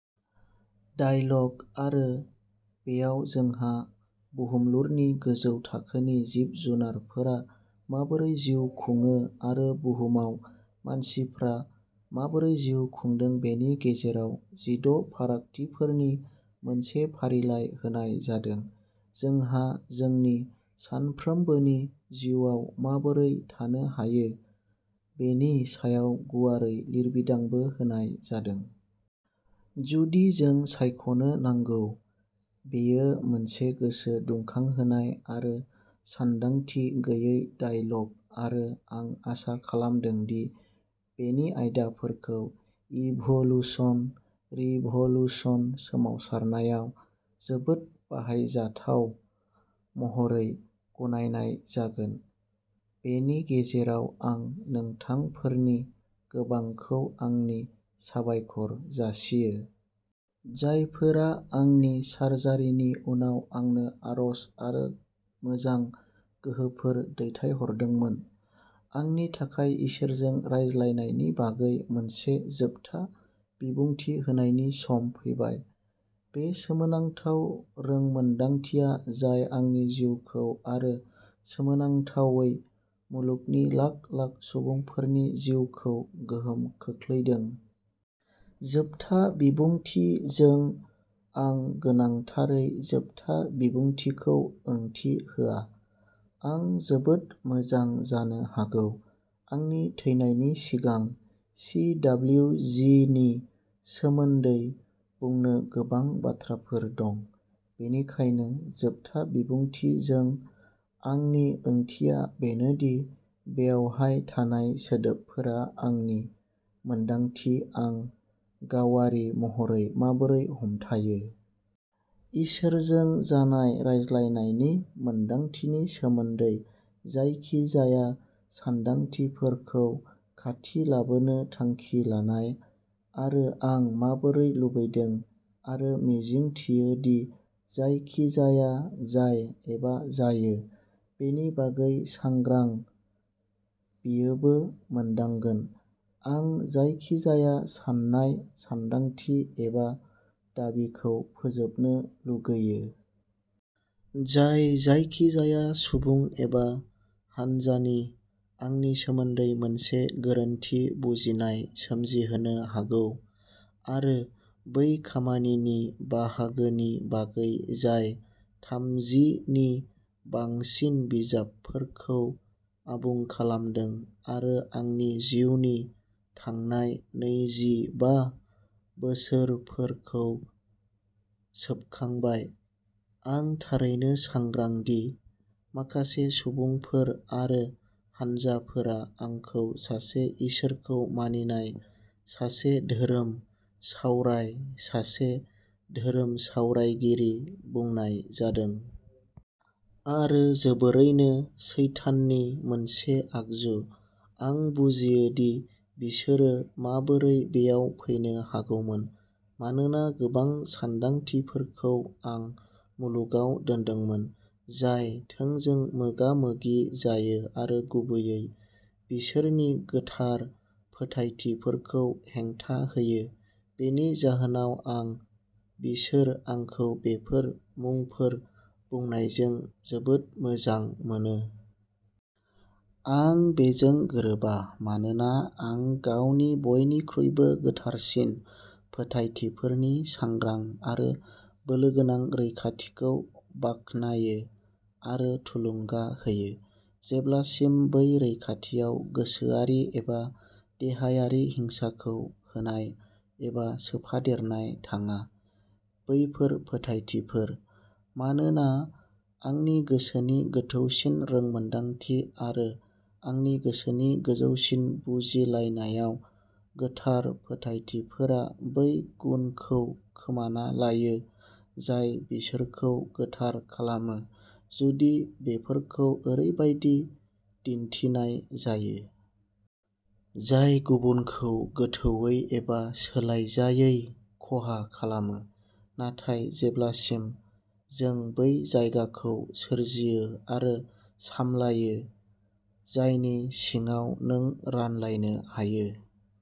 Dialogue आरो बेयाव जोंहा बुहुमलुरनि गोजौ थाखोनि जिब-जुनारफोरा माबोरै जिउ खुङो आरो बुहुमाव मानसिफ्रा माबोरै जिउ खुंदों बेनि गेजेराव जिद’ फारागथिफोरनि मोनसे फारिलाइ होनाय जादों। जोंहा जोंनि सानफ्रोमबोनि जिउआव माबोरै थानो हायो बेनि सायाव गुवारै लिरबिदांबो होनाय जादों। जुदि जों सायख'नो नांगौ। बेयो मोनसे गोसो दुंखांहोनाय आरो सानदांथि गैयै डायलग आरो आं आसा खालामदों दि बेनि आयदाफोरखौ इभोलुसन रिभ'लुसन सोमावसारनायाव जोबोद बाहायजाथाव महरै गनायनाय जागोन। बेनि गेजेराव आं नोंथांफोरनि गोबांखौ आंनि साबायखर जासियो। जायफोरा आंनि सारजारिनि उनाव आंनो आरज आरो मोजां गोहोफोर दैथायहरदोंमोन। आंनि थाखाय इसोरजों रायज्लायनायनि बागै मोनसे जोबथा बिबुंथि होनायनि सम फैबाय। बे सोमोनांथाव रोंमोनदांथिया जाय आंनि जिउखौ आरो सोमोनांथावै मुलुगनि लाख लाख सुबुंफोरनि जिउखौ गोहोम खोख्लैदों। जोबथा बिबुंथि जों आं गोनांथारै जोबथा बिबुंथिखौ ओंथि होआ। आं जोबोद मोजां जानो हागौ। आंनि थैनायनि सिगां चि.दाब्लिउ. जि. नि सोमोन्दै बुंनो गोबां बाथ्राफोर दं। बेनिखायनो जोबथा बिबुंथि जों आंनि ओंथिया बेनोदि बेवहाय थानाय सोदोबफोरा आंनि मोन्दांथि आं गावारि महरै माबोरै हमथायो। इसोरजों जानाय रायज्लायनायनि मोन्दांथिनि सोमोन्दै जायखिजाया सान्दांथिफोरखौ खाथि लाबोनो थांखि लानाय आरो आं माबोरै लुबैदों आरो मिजिंथियो दि जायखिजाया जाय एबा जायो। बेनि बागै सांग्रां बियोबो मोनदांगोन। आं जायखिजाया साननाय, सानदांथि, एबा दाबिखौ फोजोबनो लुगैयो। जाय जायखिजाया सुबुं एबा हान्जानि आंनि सोमोन्दै मोनसे गोरोन्थि बुजिनाय सोमजिहोनो हागौ आरो बै खामानिनि बाहागोनि बागै जाय थामजि नि बांसिन बिजाबफोरखौ आबुं खालामदों आरो आंनि जिउनि थांनाय नैजि बा बोसोरफोरखौ सोबखांबाय। आं थारैनो सांग्रां दि माखासे सुबुंफोर आरो हानजाफोरा आंखौ सासे इसोरखौ मानिनाय सासे धोरोम सावराय सासे धोरोम सावरायगिरि बुंनाय जादों। आरो जोबोरैनो सैताननि मोनसे आगजु। आं बुजियो दि बिसोरो माबोरै बेयाव फैनो हागौमोन। मानोना गोबां सानदांथिफोरखौ आं मुलुगाव दोनदोंमोन। जाय थोंजों मोगा-मोगि जायो आरो गुबैयै बिसोरनि गोथार फोथायथिफोरखौ हेंथा होयो। बेनि जाहोनाव आं बिसोर आंखौ बेफोर मुंफोर बुंनायजों जोबोद मोजां मोनो। आं बेजों गोरोबा मानोना आं गावनि बयनिख्रुइबो गोथारसिन फोथायथिफोरनि सांग्रां आरो बोलोगोनां रैखाथिखौ बाखनायो आरो थुलुंगा होयो। जेब्लासिम बै रैखाथियाव गोसोआरि एबा देहायारि हिंसाखौ होनाय एबा सोफादेरनाय थाङा। बैफोर फोथायथिफोर। मानोना आंनि गोसोनि गोथौसिन रोंमोनदांथि आरो आंनि गोसोनि गोजौसिन बुजिलायनायाव गोथार फोथायथिफोरा बै गुनखौ खोमाना लायो जाय बिसोरखौ गोथार खालामो जुदि बेफोरखौ ओरैबायदि दिन्थिनाय जायो। जाय गुबुनखौ गोथौवै एबा सोलायजायै खहा खालामो। नाथाय जेब्लासिम जों बै जायगाखौ सोरजियो आरो सामलायो जायनि सिङाव नों रानलायनो हायो।